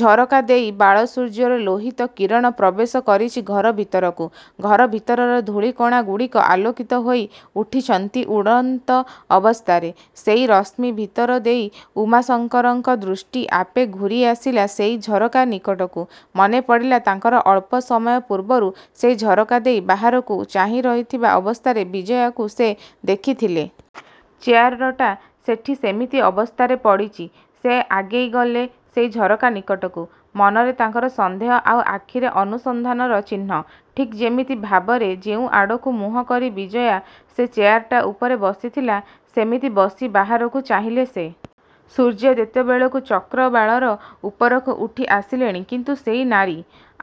ଝରକା ଦେଇ ବାଳ ସୂର୍ଯ୍ୟର ଲୋହିତ କିରଣ ପ୍ରବେଶ କରିଚି ଘର ଭିତରକୁ। ଘର ଭିତରର ଧୂଳି କଣା ଗୁଡ଼ିକ ଆଲୋକିତ ହୋଇ ଉଠିଚନ୍ତି ଉଡ଼ନ୍ତ ଅବସ୍ଥାରେ। ସେଇ ରଶ୍ମୀ ଭିତର ଦେଇ ଉମାଶଙ୍କରଙ୍କ ଦୃଷ୍ଟି ଆପେ ଘୂରି ଆସିଲା ସେଇ ଝରକା ନିକଟକୁ। ମନେପଡ଼ିଲା ତାଙ୍କର ଅଳ୍ପ ସମୟ ପୂର୍ବରୁ ସେଇ ଝରକା ଦେଇ ବାହାରକୁ ଚାହିଁ ରହିଥିବା ଅବସ୍ଥାରେ ବିଜୟାକୁ ସେ ଦେଖିଥିଲେ। ଚେୟାରଟା ସେଠି ସେମିତି ଅବସ୍ଥାରେ ପଡ଼ିଚି। ସେ ଆଗେଇ ଗଲେ ସେଇ ଝରକା ନିକଟକୁ। ମନରେ ତାଙ୍କର ସନ୍ଦେହ ଆଉ ଆଖିରେ ଅନୁସନ୍ଧାନର ଚିହ୍ନ। ଠିକ୍ ଯେମିତି ଭାବରେ ଯେଉଁ ଆଡ଼କୁ ମୁହଁ କରି ବିଜୟା ସେ ଚେୟାରଟା ଉପରେ ବସିଥିଲା, ସେମିତି ବସି ବାହାରକୁ ଚାହିଁଲେ ସେ। ସୂର୍ଯ୍ୟ ଯେତେବେଳକୁ ଚକ୍ରବାଳର ଉପରକୁ ଉଠି ଆସିଲେଣି କିନ୍ତୁ ସେଇ ନାରୀ।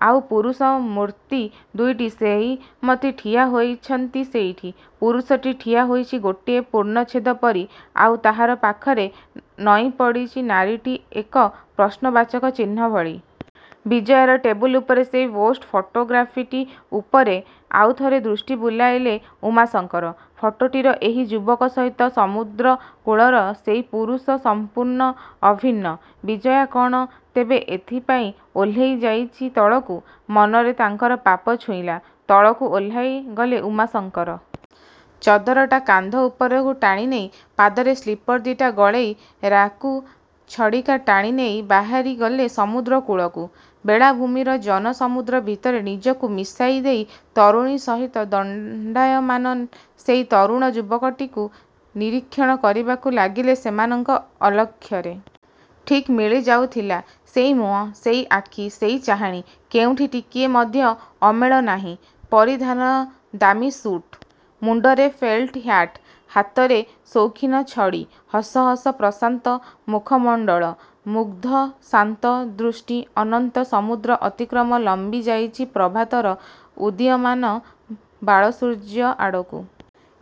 ଆଉ ପୁରୁଷ ମୂର୍ତ୍ତି ଦୁଇଟି ସେଇମତି ଠିଆ ହୋଇଛନ୍ତି ସେଇଠି। ପୁରୁଷଟି ଠିଆ ହୋଇଚି ଗୋଟିଏ ପୂର୍ଣ୍ଣଚ୍ଛେଦ ପରି ଆଉ ତାହାର ପାଖରେ ନଇଁ ପଡ଼ିଚି ନାରୀଟି ଏକ ପ୍ରଶ୍ନବାଚକ ଚିହ୍ନ ଭଳି। ବିଜୟାର ଟେବୁଲ୍ ଉପରେ ସେଇ ବୋଷ୍ଟ ଫଟୋଗ୍ରାଫ୍ଟି ଉପରେ ଆଉଥରେ ଦୃଷ୍ଟି ବୁଲାଇଲେ ଉମାଶଙ୍କର। ଫଟୋଟିର ଏହି ଯୁବକ ସହିତ ସମୁଦ୍ର କୂଳର ସେଇ ପୁରୁଷ-ସଂପୂର୍ଣ୍ଣ ଅଭିନ୍ନ। ବିଜୟା କ'ଣ ତେବେ ଏଇଥିପାଇଁ ଓହ୍ଲେଇ ଯାଇଚି ତଳକୁ? ମନରେ ତାଙ୍କର ପାପ ଛୁଇଁଲା। ତଳକୁ ଓହ୍ଲାଇ ଗଲେ ଉମାଶଙ୍କର। ଚଦରଟା କାନ୍ଧ ଉପରକୁ ଟାଣି ନେଇ, ପାଦରେ ସ୍ଳିପର୍ ଦି'ଟା ଗଳେଇ, ରାକ୍ରୁ ଛଡ଼ିଟା ଟାଣି ନେଇ ବାହାରି ଗଲେ ସମୁଦ୍ର କୂଳକୁ। ବେଳାଭୂମିର ଜନ ସମୁଦ୍ର ଭିତରେ ନିଜକୁ ମିଶାଇ ଦେଇ ତରୁଣୀ ସହିତ ଦଣ୍ତାୟମାନ ସେଇ ତରୁଣ ଯୁବକଟିକୁ ନିରୀକ୍ଷଣ କରିବାକୁ ଲାଗିଲେ ସେମାନଙ୍କର ଅଲକ୍ଷରେ। ଠିକ୍ ମିଳି ଯାଉଥିଲା, ସେଇ ମୁହଁ, ସେଇ ଆଖି, ସେଇ ଚାହାଣି। କେଉଁଠି ଟିକିଏ ମଧ୍ୟ ଅମେଳ ନାହିଁ। ପରି ଧାନରେ ଦାମି ସୁଟ୍। ମୁଣ୍ତରେ felt hat. ହାତରେ ସୌଖିନ ଛଡ଼ି। ହସ ହସ ପ୍ରଶାନ୍ତ ମୁଖମଣ୍ତଳ। ମୁଗ୍ଧ, ଶାନ୍ତ ଦୃଷ୍ଟି, ଅନନ୍ତ ସମୁଦ୍ର ଅତିକ୍ରମି ଲମ୍ଵି ଯାଇଚି ପ୍ରଭାତର ଉଦୀୟମାନ ବାଳସୂର୍ଯ୍ୟ ଆଡ଼କୁ।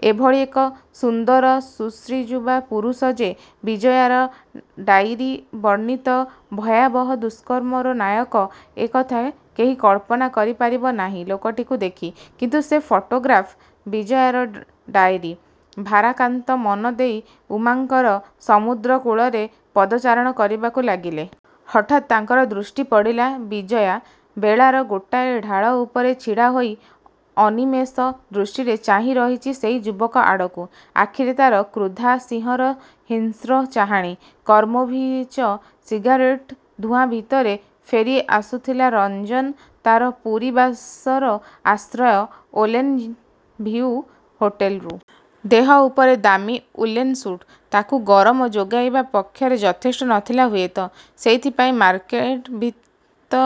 ଏଭଳି ଏକ ସୁନ୍ଦର ସୁଶ୍ରୀଯୁବା ପୁରୁଷ ଯେ ବିଜୟାର ଡାଇରି ବର୍ଣ୍ଣିତ ଭୟାବହ ଦୁଷ୍କର୍ମର ନାୟକ ଏ କଥା କେହି କଳ୍ପନା କରି ପାରିବ ନାହିଁ ଲୋକଟିକୁ ଦେଖି। କିନ୍ତୁ ସେ ଫଟୋଗ୍ରାଫ…? ବିଜୟାର ଡାଇରୀ। ଭାରାକାନ୍ତ ମନ ଦେଇ ଉମାଶଙ୍କର ସମୁଦ୍ର କୂଳରେ ପଦଚାରଣ କରିବାକୁ ଲାଗିଲେ। ହଠାତ୍ ତାଙ୍କର ଦୃଷ୍ଟି ପଡ଼ିଲା—ବିଜୟା, ବେଳାର ଗୋଟାଏ ଢାଲ ଉପରେ ଛିଡ଼ା ହୋଇ ଅନିମେଷ ଦୃଷ୍ଟିରେ ଚାହିଁ ରହିଚି ସେଇ ଯୁବକ ଆଡ଼କୁ। ଆଖିରେ ତା'ର କ୍ରୁଦ୍ଧା ସିଂହର ହିଂସ୍ର ଚାହାଣି। ମାର୍କୋଭିଚ ସିଗାରେଟ୍ର ଧୂଆଁ ଭିତରେ ଫେରି ଆସୁଥିଲା ରଞ୍ଜନ, ତା'ର ପୁରୀ ବାସର ଆଶ୍ରୟ 'ଓସେନ୍ ଭିଉ' ହୋଟେଲକୁ। ଦେହ ଉପରରେ ଦାମୀ ଉଲେନ୍ ସୁଟ୍ ତାକୁ ଗରମ ଯୋଗାଇବା ପକ୍ଷରେ ଯଥେଷ୍ଟ ନଥିଲା ହୁଏତ, ସେଇଥିପାଇଁ ମାର୍କୋଭିଚ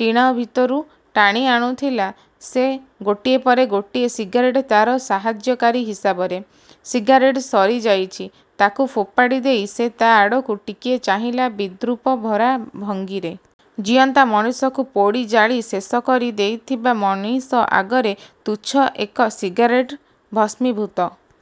ଟିଣ ଭିତରୁ ଟାଣି ଆଣୁଥିଲା ସେ ଗୋଟିଏ ପରେ ଗୋଟିଏ ସିଗାରେଟ୍ ତା'ର ସାହାଯ୍ୟକାରୀ ହିସାବରେ। ସିଗାରେଟ୍ଟା ସରି ଯାଇଚି। ତାକୁ ଫୋପାଡ଼ି ଦେଇ ସେ ତା' ଆଡ଼କୁ ଟିକିଏ ଚାହିଁଲା ବିଦ୍ରୂପ ଭରା ଭଙ୍ଗିରେ। ଜିଅନ୍ତା ମଣିଷକୁ ପୋଡ଼ି ଜାଳି ଶେଷ କରି ଦେଇଥିବା ମଣିଷ ଆଗରେ ତୁଚ୍ଛ ଏକ ସିଗାରେଟ୍ର ଭସ୍ମିଭୂତ